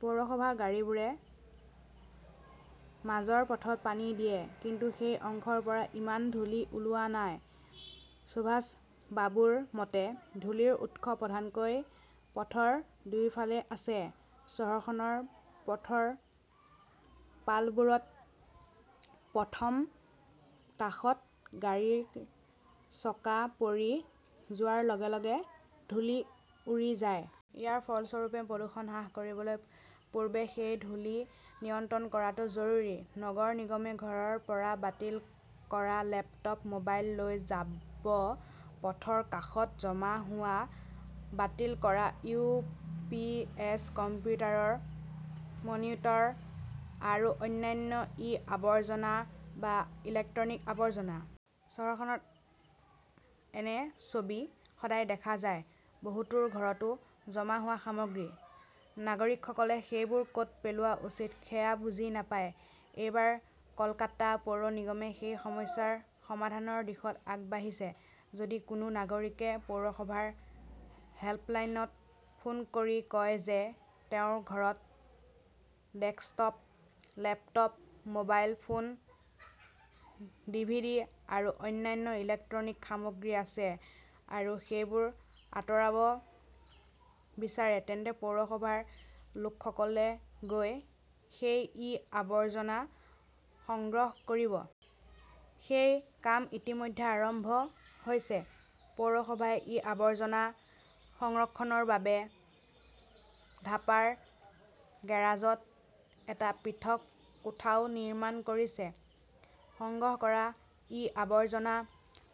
পৌৰসভাৰ পানীৰ গাড়ীবোৰে মাজৰ পথত পানী দিয়ে। কিন্তু সেই অংশৰ পৰা ইমান ধূলি ওলোৱা নাই। সুভাষ বাবুৰ মতে, ধূলিৰ উৎস প্ৰধানকৈ পথৰ দুয়োফালে আছে। চহৰখনৰ পথৰ পালবোৰত পথৰ কাষত গাড়ীৰ চকা পৰি যোৱাৰ লগে-লগে ধূলি উৰি যায়। ইয়াৰ ফলস্বৰূপে, প্ৰদূষণ হ্ৰাস কৰিবলৈ পূৰ্বে সেই ধূলি নিয়ন্ত্ৰণ কৰাটো জৰুৰী। নগৰ নিগমে ঘৰৰ পৰা বাতিল কৰা লেপটপ, মোবাইল লৈ যাব পথৰ কাষত জমা হোৱা বাতিল কৰা ইউ. পি. এছ., কম্পিউটাৰৰ মনিটৰ আৰু অন্যান্য ই-আৱৰ্জনা বা ইলেক্ট্ৰনিক আৱৰ্জনা। চহৰখনত এনে ছবি সদায় দেখা যায়। বহুতোৰ ঘৰতো জমা হোৱা সামগ্ৰী। নাগৰিকসকলে সেইবোৰ কত পেলোৱা উচিত সেয়া বুজি নাপায়। এইবাৰ কলকাতা পৌৰ নিগমে সেই সমস্যাৰ সমাধানৰ দিশত আগবাঢ়িছে। যদি কোনো নাগৰিকে পৌৰসভাৰ হেল্পলাইনত ফোন কৰি কয় যে তেওঁৰ ঘৰত desktop, laptop, mobile phone, DVD আৰু অন্যান্য ইলেক্ট্ৰনিক সামগ্ৰী আছে আৰু সেইবোৰ আঁতৰাব বিচাৰে, তেন্তে পৌৰসভাৰ লোকসকলে গৈ সেই ই-আৱৰ্জনা সংগ্ৰহ কৰিব। সেই কাম ইতিমধ্যে আৰম্ভ হৈছে। পৌৰসভাই ই-আৱৰ্জনা সংৰক্ষণৰ বাবে ধাপাৰ গেৰাজত এটা পৃথক কোঠাও নিৰ্মাণ কৰিছে। সংগ্ৰহ কৰা ই-আৱৰ্জনা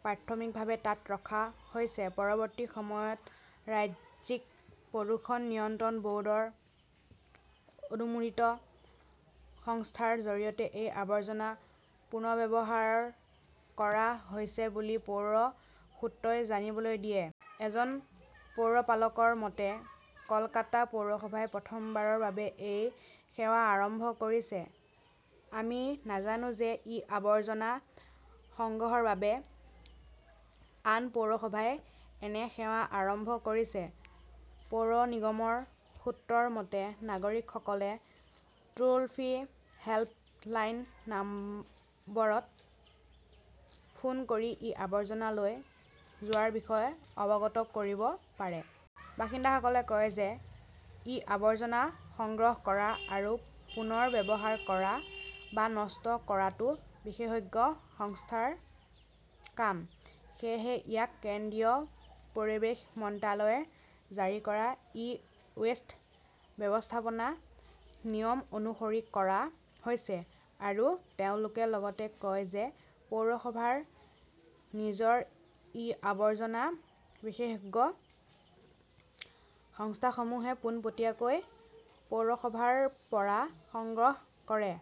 প্ৰাথমিকভাৱে তাত ৰখা হৈছে। পৰৱৰ্তী সময়ত ৰাজ্যিক প্ৰদূষণ নিয়ন্ত্ৰণ বৰ্ডৰ অনুমোদিত সংস্থাৰ জৰিয়তে এই আৱৰ্জনা পুনৰ্ব্যৱহাৰ কৰা হৈছে বুলি পৌৰ সূত্ৰই জানিবলৈ দিয়ে। এজন পৌৰপালকৰ মতে, কলকাতা পৌৰসভাই প্ৰথমবাৰৰ বাবে এই সেৱা আৰম্ভ কৰিছে। আমি নাজানো যে ই-আৱৰ্জনা সংগ্ৰহৰ বাবে আন পৌৰসভাই এনে সেৱা আৰম্ভ কৰিছে। পৌৰ নিগমৰ সূত্ৰৰ মতে, নাগৰিকসকলে টোল-ফ্ৰী হেল্প লাইন নম্বৰত ফোন কৰি ই-আৱৰ্জনা লৈ যোৱাৰ বিষয়ে অৱগত কৰিব পাৰে। বাসিন্দাসকলে কয় যে ই-আৱৰ্জনা সংগ্ৰহ কৰা আৰু পুনৰ ব্যৱহাৰ কৰা বা নষ্ট কৰাটো বিশেষজ্ঞ সংস্থাৰ কাম। সেয়েহে ইয়াক কেন্দ্ৰীয় পৰিৱেশ মন্ত্ৰালয়ে জাৰি কৰা 'ই-ৱেষ্ট ব্যৱস্থাপনা নিয়ম, অনুসৰি কৰা হৈছে। আৰু তেওঁলোকে লগতে কয় যে পৌৰসভাৰ নিজৰ ই-আৱৰ্জনা বিশেষজ্ঞ সংস্থাসমূহে পোনপটীয়াকৈ পৌৰসভাৰ পৰা সংগ্ৰহ কৰে।